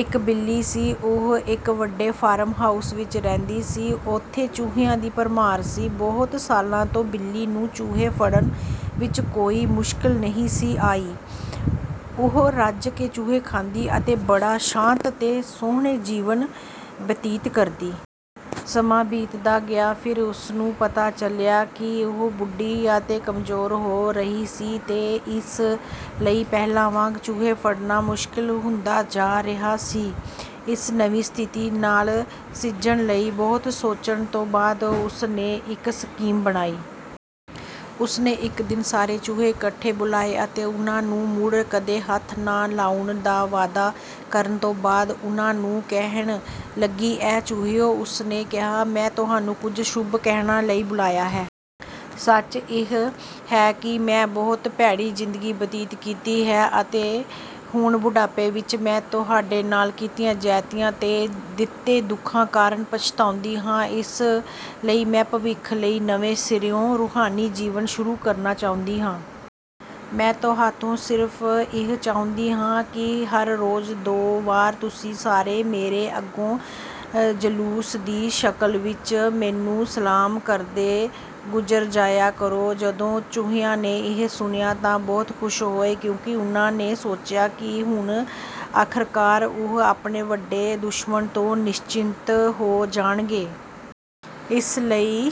ਇੱਕ ਬਿੱਲੀ ਸੀ। ਉਹ ਇੱਕ ਵੱਡੇ ਫਾਰਮ ਹਾਊਸ ਵਿੱਚ ਰਹਿੰਦੀ ਸੀ। ਉੱਥੇ ਚੂਹਿਆਂ ਦੀ ਭਰਮਾਰ ਸੀ। ਬਹੁਤ ਸਾਲਾਂ ਤੋਂ ਬਿੱਲੀ ਨੂੰ ਚੂਹੇ ਫੜਨ ਵਿੱਚ ਕੋਈ ਮੁਸ਼ਕਲ ਨਹੀਂ ਸੀ ਆਈ। ਉਹ ਰੱਜ ਕੇ ਚੂਹੇ ਖਾਂਦੀ ਅਤੇ ਬੜਾ ਸ਼ਾਂਤ ਤੇ ਸੁਹਣਾ ਜੀਵਨ ਬਤੀਤ ਕਰਦੀ। ਸਮਾਂ ਬੀਤਦਾ ਗਿਆ। ਫਿਰ ਉਸਨੂੰ ਪਤਾ ਚੱਲਿਆ ਕਿ ਉਹ ਬੁੱਢੀ ਅਤੇ ਕਮਜ਼ੋਰ ਹੋ ਰਹੀ ਸੀ, ਤੇ ਇਸ ਲਈ ਪਹਿਲਾਂ ਵਾਂਗ ਚੂਹੇ ਫੜਨਾ ਮੁਸ਼ਕਲ ਹੁੰਦਾ ਜਾ ਰਿਹਾ ਸੀ। ਇਸ ਨਵੀਂ ਸਥਿਤੀ ਨਾਲ ਸਿੱਝਣ ਲਈ ਬਹੁਤ ਸੋਚਣ ਤੋਂ ਬਾਅਦ ਉਸ ਨੇ ਇੱਕ ਸਕੀਮ ਬਣਾਈ। ਉਸ ਨੇ ਇੱਕ ਦਿਨ ਸਾਰੇ ਚੂਹੇ ਇਕੱਠੇ ਬੁਲਾਏ ਅਤੇ ਉਨ੍ਹਾਂ ਨੂੰ ਮੁੜ ਕਦੇ ਹੱਥ ਨਾ ਲਾਉਣ ਦਾ ਵਾਅਦਾ ਕਰਨ ਤੋਂ ਬਾਅਦ ਉਨ੍ਹਾਂ ਨੂੰ ਕਹਿਣ ਲੱਗੀ, ਐ ਚੂਹਿਓ, ਉਸ ਨੇ ਕਿਹਾ, ਮੈਂ ਤੁਹਾਨੂੰ ਕੁਝ ਸ਼ੁਭ ਕਹਿਣਾ ਲਈ ਬੁਲਾਇਆ ਹੈ। ਸੱਚ ਇਹ ਹੈ ਕਿ ਮੈਂ ਬਹੁਤ ਭੈੜੀ ਜ਼ਿੰਦਗੀ ਬਤੀਤ ਕੀਤੀ ਹੈ, ਅਤੇ ਹੁਣ ਬੁਢਾਪੇ ਵਿੱਚ ਮੈਂ ਤੁਹਾਡੇ ਨਾਲ ਕੀਤੀਆਂ ਜ਼ਿਆਤੀਆਂ ਤੇ ਦਿੱਤੇ ਦੁੱਖਾਂ ਕਾਰਨ ਪਛਤਾਉਂਦੀ ਹਾਂ। ਇਸ ਲਈ ਮੈਂ ਭਵਿੱਖ ਲਈ ਨਵੇਂ ਸਿਰਿਓਂ ਰੂਹਾਨੀ ਜੀਵਨ ਸ਼ੁਰੂ ਕਰਨਾ ਚਾਹੁੰਦੀ ਹਾਂ। ਮੈਂ ਤੁਹਾਥੋਂ ਸਿਰਫ਼ ਇਹ ਚਾਹੁੰਦੀ ਹਾਂ ਕਿ ਹਰ ਰੋਜ਼ ਦੋ ਵਾਰ ਤੁਸੀਂ ਸਾਰੇ ਮੇਰੇ ਅੱਗੋਂ ਜਲੂਸ ਦੀ ਸ਼ਕਲ ਵਿੱਚ, ਮੈਨੂੰ ਸਲਾਮ ਕਰਦੇ ਗੁਜ਼ਰ ਜਾਇਆ ਕਰੋ।” ਜਦੋਂ ਚੂਹਿਆਂ ਨੇ ਇਹ ਸੁਣਿਆ ਤਾਂ ਬਹੁਤ ਖੁਸ਼ ਹੋਏ, ਕਿਉਂਕਿ ਉਨ੍ਹਾਂ ਨੇ ਸੋਚਿਆ ਕਿ ਹੁਣ, ਆਖ਼ਰਕਾਰ, ਉਹ ਆਪਣੇ ਵੱਡੇ ਦੁਸ਼ਮਣ ਤੋਂ ਨਿਸਚਿੰਤ ਹੋ ਜਾਣਗੇ। ਇਸ ਲਈ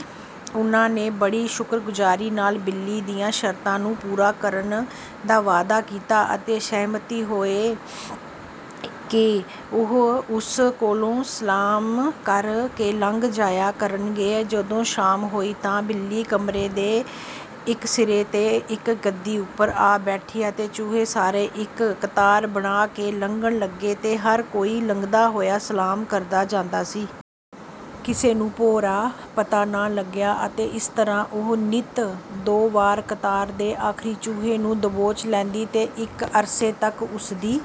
ਉਨ੍ਹਾਂ ਨੇ ਬੜੀ ਸ਼ੁਕਰਗੁਜ਼ਾਰੀ ਨਾਲ ਬਿੱਲੀ ਦੀਆਂ ਸ਼ਰਤਾਂ ਨੂੰ ਪੂਰਾ ਕਰਨ ਦਾ ਵਾਅਦਾ ਕੀਤਾ, ਅਤੇ ਸਹਿਮਤ ਹੋਏ ਕਿ ਉਹ ਉਸ ਕੋਲੋਂ ਸਲਾਮ ਕਰ ਕੇ ਲੰਘ ਜਾਇਆ ਕਰਨਗੇ। ਜਦੋਂ ਸ਼ਾਮ ਹੋਈ ਤਾਂ ਬਿੱਲੀ ਕਮਰੇ ਦੇ ਇੱਕ ਸਿਰੇ ’ਤੇ ਇੱਕ ਗੱਦੀ ਉੱਪਰ ਆ ਬੈਠੀ ਅਤੇ ਚੂਹੇ ਸਾਰੇ ਇੱਕ ਕਤਾਰ ਬਨਾ ਕੇ ਲੰਘਣ ਲੱਗੇ, ਤੇ ਹਰ ਕੋਈ ਲੰਘਦਾ ਹੋਇਆ ਸਲਾਮ ਕਰਦਾ ਜਾਂਦਾ ਸੀ। ਕਿਸੇ ਨੂੰ ਭੋਰਾ ਪਤਾ ਨਾ ਲੱਗਿਆ। ਅਤੇ ਇਸ ਤਰ੍ਹਾਂ ਉਹ ਨਿੱਤ ਦੋ ਵਾਰ ਕਤਾਰ ਦੇ ਆਖ਼ਰੀ ਚੂਹੇ ਨੂੰ ਦਬੋਚ ਲੈਂਦੀ, ਤੇ ਇੱਕ ਅਰਸੇ ਤੱਕ ਉਸ ਦੀ